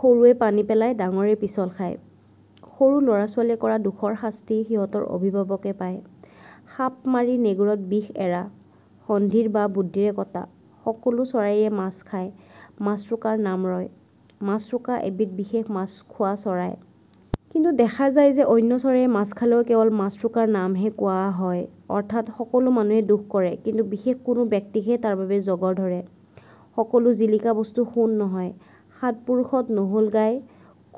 সৰুৱে পানী পেলাই, ডাঙৰে পিছল খাই: সৰু লৰা-ছোৱালীৱে কৰা দোষৰ শাস্তি সিহঁতৰ অভিভাৱকে পায়। সাপ মাৰি নেগুৰত বিষ এৰা সন্ধিৰ বাহ বুদ্ধিৰে কটা সকলো চৰাইয়ে মাছ খায়, মাছৰোকাৰ নাম ৰয়: মাছৰোকা এবিধ বিশেষ মাছখোৱা চৰাই। কিন্তু দেখা যায় যে অন্য চৰায়ে মাছ খালেও কেৱল মাছৰোকাৰ নামহে কোৱা হয়। অৰ্থাৎ সকলো মানুহে দোষ কৰে কিন্তু বিশেষ কোনো ব্যক্তিকহে তাৰ বাবে জগৰ ধৰে। সকলো জিলিকা বস্তু সোণ নহয় সাত পুৰুষত নহ'ল গাই,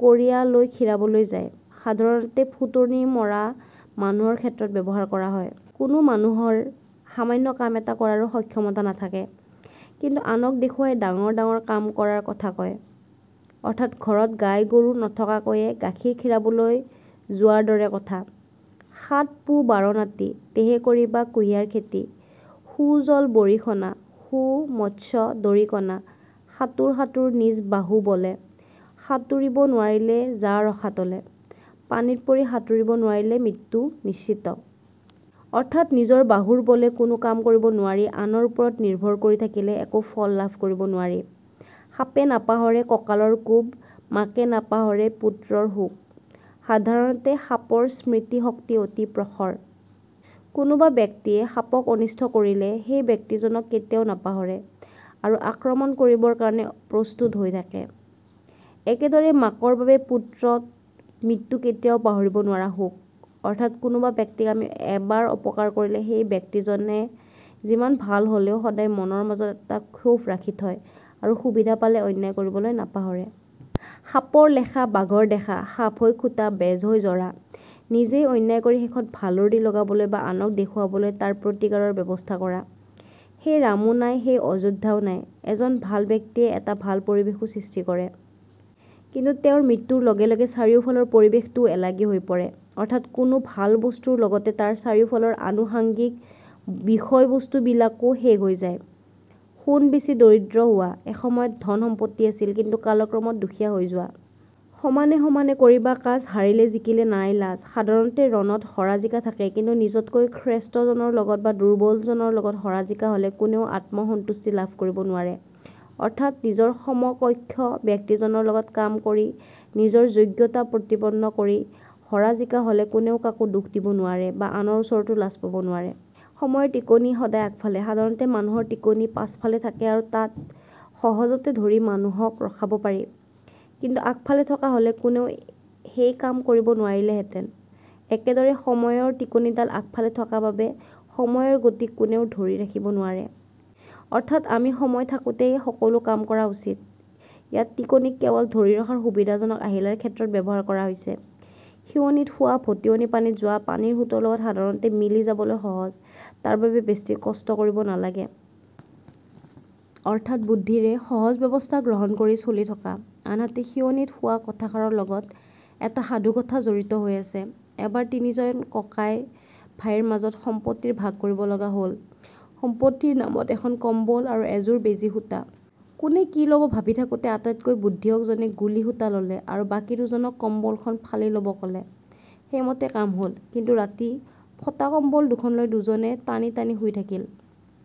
কঁৰীয়া লৈ খীৰাবলৈ যায়: সাধাৰণতে ফুটনি মৰা মানুহৰ ক্ষেত্ৰত ব্যৱহাৰ কৰা হয়। কোনো মানুহৰ সামান্য কাম এটা কৰাৰোঁ সক্ষমতা নাথাকে কিন্তু আনক দেখুৱাই ডাঙৰ ডাঙত কাম কৰাৰ কথা কয়। অৰ্থাৎ ঘৰত গাই-গৰু নথকাকৈয়ে গাখীৰ খিৰাবলৈ যোৱাৰ দৰে কথা। সাত পো বাৰ নাতি, তেহে কৰিবা কুহিয়াৰ খেতি সু জল বৰিষণা, সু মত্স্য দৰিকণা সাতোৰ সাতোৰ নিজ বাহু বলে, সাতুৰিব নোৱাৰিলে যা ৰসাতলে: পানীত পৰি সাতোৰিব নোৱাৰিলে মৃত্যু নিশ্চিত। অৰ্থাৎ নিজৰ বাহু বলে কোনো কাম কৰিব নোৱাৰি আনৰ ওপৰত নিৰ্ভৰ কৰি থাকিলে একো ফল লাভ কৰিব নোৱাৰি। সাপে নাপাহৰে কঁকালৰ কোব, মাকে নাপাহৰে পুত্ৰৰ শোক: সাধাৰণতে সাপৰ স্মৃতি শক্তি অতি প্ৰখৰ। কোনোবা ব্যক্তিয়ে সাপক অনিষ্ট কৰিলে সেই ব্যক্তি জনক কেতিয়াও নাপাহৰে আৰু আক্ৰমণ কৰিবৰ কাৰণে প্ৰস্তুত হৈ থাকে। একেদৰে মাকৰ বাবে পুত্ৰত মৃত্যু কেতিয়াও পাহৰিব নোৱাৰা শোক। অৰ্থাৎ কোনোবা ব্যক্তিক আমি এবাৰ অপকাৰ কৰিলে সেই ব্যক্তিজনে যিমান ভাল হ'লেও সদায় মনৰ মাজত এটা ক্ষোভ ৰাখি থয় আৰু সুবিধা পালে অন্যায় কৰিবলৈ নাপাহৰে। সাপৰ লেখা, বাঘৰ দেখা সাপ হৈ খোটা, বেজ হৈ জৰা: নিজেই অন্যায় কৰি শেষত ভালৰি লগাবলৈ বা আনক দেখুৱাবলৈ তাৰ প্ৰতিকাৰৰ ব্যৱস্থা কৰা। সেই ৰামো নাই, সেই অযোধ্যাও নাই: এজন ভাল ব্যক্তিয়ে এটা ভাল পৰিবেশো সৃষ্টি কৰে। কিন্তু তেওঁৰ মৃত্যুৰ লগে লগে চাৰিওফালৰ পৰিবেশটোও এলাগি হৈ পৰে। অৰ্থাৎ কোনো ভাল বস্তুৰ লগতে তাৰ চাৰিওফালৰ আনুষাঙ্গিক বিষয়বস্তু বিলাকো শেষ হৈ যায়। সোণ বেছি দৰিদ্ৰ হোৱা: এসময়ত ধণ সম্পত্তি আছিল, কিন্তু কালক্ৰমত দুখীয়া হৈ যোৱা। সমানে সমানে কৰিবা কাজ, হাৰিলে জিকিলে নাই লাজ: সাধাৰণতে ৰণত হৰা জিকা থাকেই, কিন্তু নিজতকৈ শ্ৰেষ্ঠজনৰ লগত বা দুৰ্বলজনৰ লগত হৰা জিকা হ'লে কোনেও আত্মসন্তুষ্টি লাভ কৰিব নোৱাৰে। অৰ্থাৎ নিজৰ সমকক্ষ ব্যক্তিজনৰ লগত কাম কৰি, নিজৰ যোগ্যতা প্ৰতিপন্ন কৰি হৰা জিকা হ'লে কোনেও কাকো দোষ দিব নোৱাৰে বা আনৰ ওচৰতো লাজ পাব নোৱাৰে। সময়ৰ টিকনি সদায় আগফালে: সাধাৰণতে মানুহৰ টিকনি পাছফালে থাকে আৰু তাত সহজতে ধৰি মানুহক ৰখাব পাৰি। কিন্তু আগফালে থকা হ'লে কোনেও সেই কাম কৰিব নোৱাৰিলেহেঁতেন। একেদৰে সময়ৰ টিকনিডাল আগফালে থকা বাবে সময়ৰ গতিক কোনেও ধৰি ৰাখিব নোৱাৰে। অৰ্থাৎ আমি সময় থাকোঁতেই সকলোঁ কাম কৰা উচিত। ইয়াত টিকনি-ক কেৱল ধৰি ৰখাৰ সুবিধাজনক আহিলাৰ ক্ষেত্ৰত ব্যৱহাৰ কৰা হৈছে। সিয়নীত শুৱা, ভটিয়নি পানীত যোৱা: পানীৰ সোঁতৰ লগত সাধাৰণতে মিলি যাবলৈ সহজ। তাৰ বাবে বেছি কষ্ট কৰিব নালাগে। অৰ্থাৎ বুদ্ধিৰে সহজ ব্যৱস্থা গ্ৰহণ কৰি চলি থকা। আনহাতে সিয়নীত শুৱা কথাষাৰৰ লগতো এটা সাধুকথা জড়িত হৈ আছে। এবাৰ তিনিজন ককাই-ভাইৰ মাজত সম্পত্তিৰ ভাগ কৰিব লগা হ'ল। সম্পত্তিৰ নামত এখন কম্বল আৰু এযোৰ বেজি-সূঁতা। কোনে কি ল'ব ভাবি থাকোঁতে আটাইতকৈ বুদ্ধিয়ক জনে গুলি-সূঁতা ল'লে আৰু বাকি দুজনক কম্বলখন ফালি ল'ব ক'লে। সেই মতে কাম হ'ল। কিন্তু ৰাতি ফটা কম্বল দুখন লৈ দুজনে টানি-টানি শুই থাকিল।